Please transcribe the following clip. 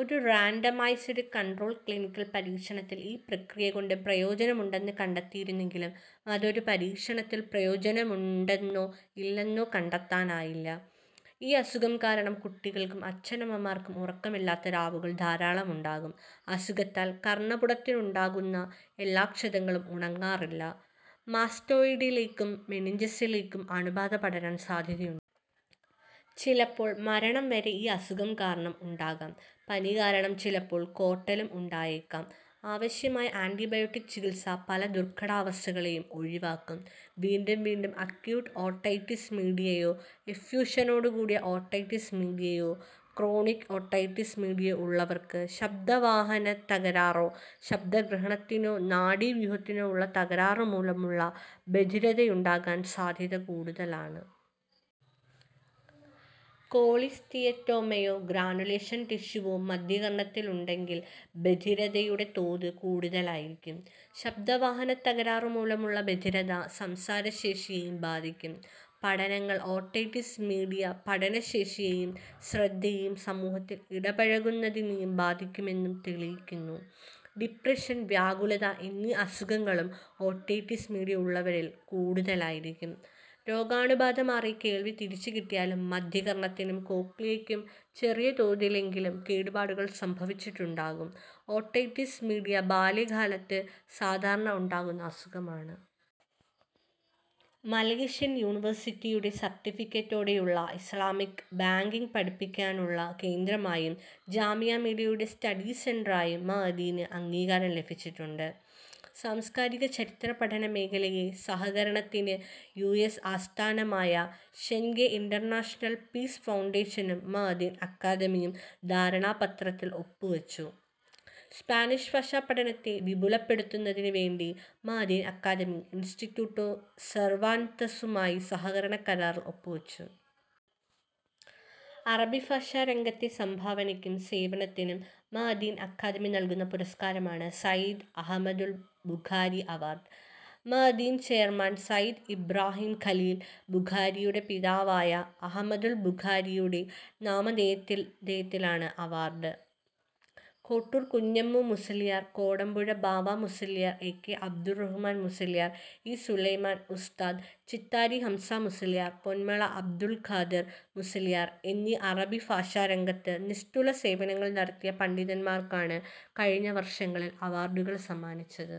ഒരു randomised controlled clinical പരീക്ഷണത്തിൽ ഈ പ്രക്രീയ കൊണ്ട് പ്രയോജനമുണ്ടെന്ന് കണ്ടെത്തിയിരുന്നെങ്കിലും മതൊരു പരീക്ഷണത്തിൽ പ്രയോജനമുണ്ടെന്നോ ഇല്ലെന്നോ കണ്ടെത്താനായില്ല. ഈ അസുഖം കാരണം കുട്ടികൾക്കും അച്ഛനമ്മമാർക്കും ഉറക്കമില്ലാത്ത രാവുകൾ ധാരാളമുണ്ടാകും. അസുഖത്താൽ കർണ്ണപുടത്തിനുണ്ടാകുന്ന എല്ലാ ക്ഷതങ്ങളും ഉണങ്ങാറില്ല. മാസ്റ്റോയ്ഡിലേയ്ക്കും മെനിഞ്ചസിലേയ്ക്കും അണുബാധ പടരാൻ സാദ്ധ്യതയുണ്ട്. ചിലപ്പോൾ മരണം വരെ ഈ അസുഖം കാരണം ഉണ്ടാകാം. പനികാരണം ചിലപ്പോൾ കോട്ടലും ഉണ്ടായേക്കാം. അവശ്യമായ ആന്റിബയോട്ടിക് ചികിത്സ പല ദുർഘടാവസ്ഥകളെയും ഒഴിവാക്കും. വീണ്ടും വീണ്ടും അക്യൂട്ട് ഓട്ടൈറ്റിസ് മീഡിയയോ, എഫ്യൂഷനോടുകൂടിയ ഓട്ടൈറ്റിസ് മീഡിയയോ, ക്രോണിക് ഓട്ടൈറ്റിസ് മീഡിയയോ ഉള്ളവർക്ക് ശബ്ദവാഹനത്തകരാറോ, ശബ്ദഗ്രഹണത്തിനോ നാഡീവ്യൂഹത്തിനോ ഉള്ള തകരാറുമൂലമുള്ള ബധിരതയുണ്ടാകാൻ സാദ്ധ്യത കൂടുതലാണ്. കോളിസ്റ്റിയറ്റോമയോ ഗ്രാനുലേഷൻ ടിഷ്യൂവോ മദ്ധ്യകർണ്ണത്തിലുണ്ടെങ്കിൽ ബധിരതയുടെ തോത് കൂടുതലായിരിക്കും. ശബ്ദവാഹനത്തകരാറുമൂലമുള്ള ബധിരത സംസാരശേഷിയെയും ബാധിക്കും. പഠനങ്ങൾ ഓട്ടൈറ്റിസ് മീഡിയ പഠനശേഷിയെയും ശ്രദ്ധയെയും സമൂഹത്തിൽ ഇടപഴകുന്നതിനെയും ബാധിക്കുമെന്നും തെളിയിക്കുന്നു. ഡിപ്രഷൻ, വ്യാകുലത എന്നീ അസുഖങ്ങളും ഓട്ടൈറ്റിസ് മീഡിയ ഉള്ളവരിൽ കൂടുതലായിരിക്കും. രോഗാണുബാധ മാറി കേൾവി തിരിച്ചുകിട്ടിയാലും മദ്ധ്യകർണ്ണത്തിനും കോക്ലിയയ്ക്കും ചെറിയതൊതിലെങ്കിലും കേടുപാടുകൾ സംഭവിച്ചിട്ടുണ്ടാകും ഓട്ടൈറ്റിസ് മീഡിയ ബാല്യകാലത്ത് സാധാരണ ഉണ്ടാകുന്ന അസുഖമാണ്. മലേഷ്യൻ യൂണിവേഴ്സിറ്റിയുടെ സർട്ടിഫിക്കറ്റോടെയുള്ള ഇസ്ലാമിക്ക് ബാങ്കിങ് പഠിപ്പിക്കാനുള്ള കേന്ദ്രമായും ജാമിഅമില്ലിയ്യയുടെ സ്റ്റഡിസെന്ററായും മഅ്ദിന് അംഗീകാരം ലഭിച്ചിട്ടുണ്ട്. സാംസ്കാരിക-ചരിത്ര പഠന മേഖലയലെ സഹകരണത്തിന് യുഎസ് ആസ്ഥാനമായ ഷെൻഗെ ഇന്റർനാഷണൽ പീസ് ഫൗണ്ടേഷനും മഅ്ദിൻ അക്കാദമിയും ധാരണാപത്രത്തിൽ ഒപ്പ് വെച്ചു. സ്പാനിഷ് ഭാഷാ പഠനത്തെ വിപുലപ്പെടുത്തുന്നതിന് വേണ്ടി മഅ്ദിൻ അക്കാദമി ഇൻസ്റ്റിറ്റ്യൂട്ടോ സെർവാൻതസുമായി സഹകരണ കരാറിൽ ഒപ്പുവെച്ചു. അറബി ഭാഷാ രംഗത്തെ സംഭാവനക്കും സേവനത്തിനും മഅ്ദിൻ അക്കാദമി നൽകുന്ന പുരസ്കാരമാണ് സയ്യിദ് അഹമദുൽ ബുഖാരി അവാർഡ്. മഅ്ദിൻ ചെയർമാൻ സയ്യിദ് ഇബ്റാഹീം ഖലീൽ ബുഖാരിയുടെ പിതാവായ അഹ്മദുൽ ബുഖാരിയുടെ നാമധേയത്തിലാണ് award. Kottur Kunhammu Musliyar, Kodampuzha Bava Musliyar, A K Abdurrahman Musliyar, E Sulaiman ഉസ്താദ്, ചിത്താരി ഹംസ മുസ്ലിയാർ, പൊന്മള അബ്ദുൽ ഖാദിർ മുസ്ലിയാർ എന്നീ അറബി ഭാഷാ രംഗത്ത് നിസ്തുല സേവനങ്ങൾ നടത്തിയ പണ്ഡിതന്മാർക്കാണ് കഴിഞ്ഞ വർഷങ്ങളിൽ അവാർഡുകൾ സമ്മാനിച്ചത്.